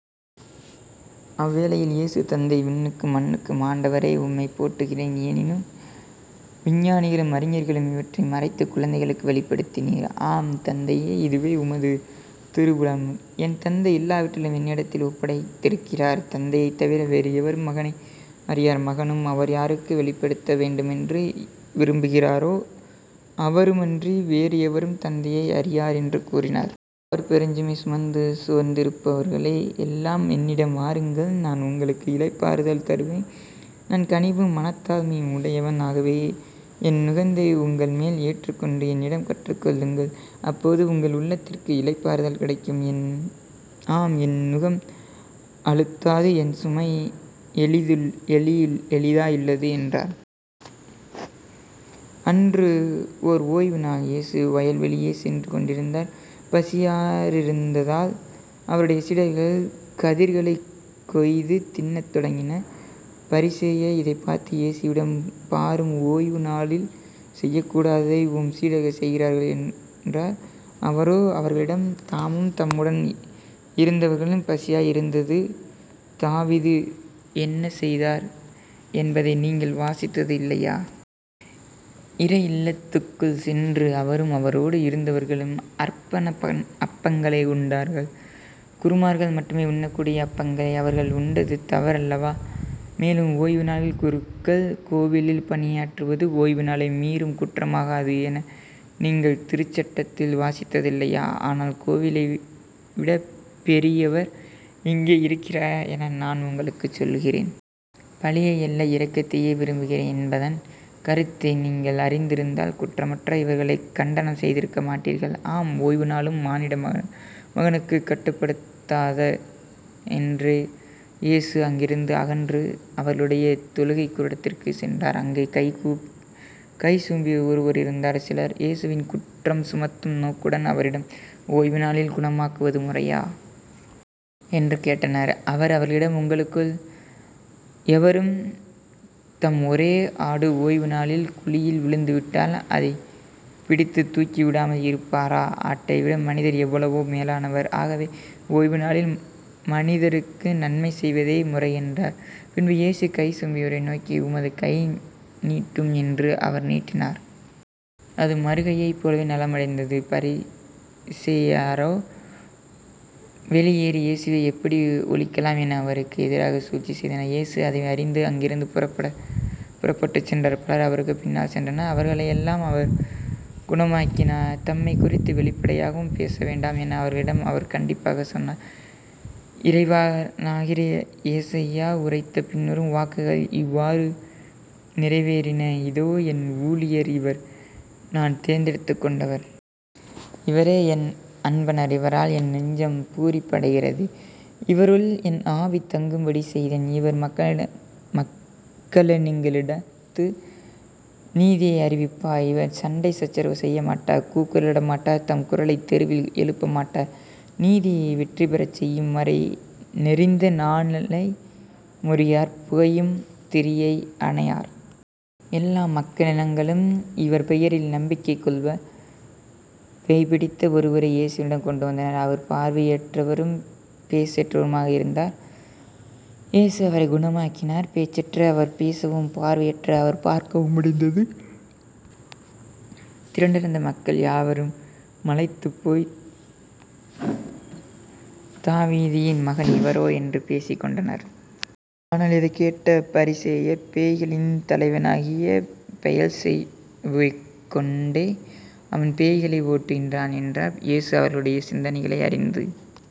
அவ்வேளையில் இயேசு தந்தையே விண்ணுக்கும் மண்ணுக்கும் ஆண்டவரே உம்மைப் போற்றுகிறேன். ஏனெனில் ஞானிகளுக்கும் அறிஞர்களுக்கும் இவற்றை மறைத்துக் குழந்தைகளுக்கு வெளிப்படுத்தினீர். ஆம் தந்தையே இதுவே உமது திருவுளம். என் தந்தை எல்லாவற்றையும் என்னிடத்தில் ஒப்படைத்திருக்கிறார். தந்தையைத் தவிர வேறு எவரும் மகனை அறியார் மகனும் அவர் யாருக்கு வெளிப்படுத்த வேண்டுமென்று விரும்புகிறாரோ அவருமன்றி வேறு எவரும் தந்தையை அறியார் என்று கூறினார். மேலும் அவர் பெருஞ்சுமை சுமந்து சோர்ந்திருப்பவர்களே எல்லாரும் என்னிடம் வாருங்கள் நான் உங்களுக்கு இளைப்பாறுதல் தருவேன். நான் கனிவும் மனத்தாழ்மையும் உடையவன். ஆகவே என் நுகத்தை உங்கள்மேல் ஏற்றுக்கொண்டு என்னிடம் கற்றுக்கொள்ளுங்கள். அப்பொழுது உங்கள் உள்ளத்திற்கு இளைப்பாறுதல் கிடைக்கும். ஆம் என் நுகம் அழுத்தாது என் சுமை எளிதாயுள்ளது என்றார். அன்று ஓர் ஓய்வுநாள். இயேசு வயல்வழியே சென்று கொண்டிருந்தார். பசியாயிருந்ததால் அவருடைய சீடர்கள் கதிர்களைக் கொய்து தின்னத் தொடங்கினார். பரிசேயர்கள் இதைப் பார்த்து இயேசுவிடம் பாரும் ஓய்வு நாளில் செய்யக்கூடாததை உம் சீடர்கள் செய்கிறார்கள் என்றார்கள். அவரோ அவர்களிடமும் தாமும் தம்முடன் இருந்தவர்களும் பசியாய் இருந்தபோது தாவீது என்ன செய்தார் என்பதை நீங்கள் வாசித்தது இல்லையா? இறை இல்லத்திற்குள் சென்று அவரும் அவரோடு இருந்தவர்களும் அர்ப்பண அப்பங்களை உண்டார்கள். குருக்கள் மட்டுமே உண்ணக்கூடிய அப்பங்களை அவர்கள் உண்டது தவறல்லவா? மேலும் ஓய்வு நாள்களில் குருக்கள் கோவிலில் பணியாற்றுவது ஓய்வுநாளை மீறும் குற்றமாகாது என நீங்கள் திருச்சட்டத்தில் வாசித்ததில்லையா? ஆனால் கோவிலைவிடப் பெரியவர் இங்கே இருக்கிறார் என நான் உங்களுக்குச் சொல்லுகிறேன். பலியை அல்ல இரக்கத்தையே விரும்புகிறேன் என்பதன் கருத்தை நீங்கள் அறிந்திருந்தால் குற்றமற்ற இவர்களைக் கண்டனம் செய்திருக்கமாட்டீர்கள் ஆம் ஓய்வு நாளும் மானிட மகனுக்குக் கட்டுப்பட்டதே என்றார் இயேசு அங்கிருந்து அகன்று அவர்களுடைய தொழுகைக்கூடத்திற்குள் சென்றார் அங்கே கை சூம்பியவர் ஒருவர் இருந்தார் சிலர் இயேசுவின்மேல் குற்றம் சுமத்தும் நோக்குடன் அவரிடம் ஓய்வுநாளில் குணமாக்குவது முறையா? என்று கேட்டனர். அவர் அவர்களிடம் உங்களுள் எவரும் தம் ஒரே ஆடு ஓய்வு நாளில் குழியில் விழுந்துவிட்டால் அதைப் பிடித்துத் தூக்கி விடாமல் இருப்பாரா? ஆட்டைவிட மனிதர் எவ்வளவோ மேலானவர் ஆகவே ஓய்வுநாளில் மனிதருக்கு நன்மை செய்வதே முறை என்றார். பின்பு இயேசு கை சூம்பியவரை நோக்கி உமது கையை நீட்டும் என்றார் அவர் நீட்டினார். அது மறு கையைப் போல நலமடைந்தது. பரிசேயரோ வெளியேறி இயேசுவை எப்படி ஒழிக்கலாம் என அவருக்கு எதிராகச் சூழ்ச்சி செய்தனர் இயேசு அதை அறிந்து அங்கிருந்து புறப்பட்டுச் சென்றார் பலர் அவருக்குப்பின் சென்றனர். அவர்களெல்லாரையும் அவர் குணமாக்கினார். தம்மைக் குறித்து வெளிப்படையாகப் பேச வேண்டாம் என அவர்களிடம் அவர் கண்டிப்பாகச் சொன்னார் இறைவாக்கினராகிய எசாயா உரைத்த பின்வரும் வாக்குகள் இவ்வாறு நிறைவேறின இதோ என் ஊழியர் இவர் நான் தேர்ந்துகொண்டவர். இவரே என் அன்பர் இவரால் என் நெஞ்சம் பூரிப்படைகிறது இவருள் என் ஆவி தங்கும்படி செய்தேன் இவர் மக்களினங்களுக்கு நீதியை அறிவிப்பார். இவர் சண்டை சச்சரவு செய்யமாட்டார் கூக்குரலிடமாட்டார் தம் குரலைத் தெருவில் எழுப்பவுமாட்டார் நீதியை வெற்றி பெறச் செய்யும்வரை நெரிந்த நாணலை முறியார் புகையும் திரியை அணையார். எல்லா மக்களினங்களும் இவர் பெயரில் நம்பிக்கை கொள்வர். பேய்பிடித்த ஒருவரை இயேசுவிடம் கொண்டுவந்தனர். அவர் பார்வையற்றவரும் பேச்சற்றவருமாக இருந்தார். இயேசு அவரைக் குணமாக்கினார். பேச்சற்ற அவர் பேசவும் பார்வையற்ற அவர் பார்க்கவும் முடிந்தது. திரண்டிருந்த மக்கள் யாவரும் மலைத்துப் போய், தாவீதின் மகன் இவரோ? என்று பேசிக்கொண்டனர். ஆனால் இதைக் கேட்ட பரிசேயர் பேய்களின் தலைவனாகிய பெயல்செபூலைக் கொண்டே அவன் பேய்களை ஓட்டுகிறான் என்றனர். இயேசு அவர்களுடைய சிந்தனைகளை அறிந்து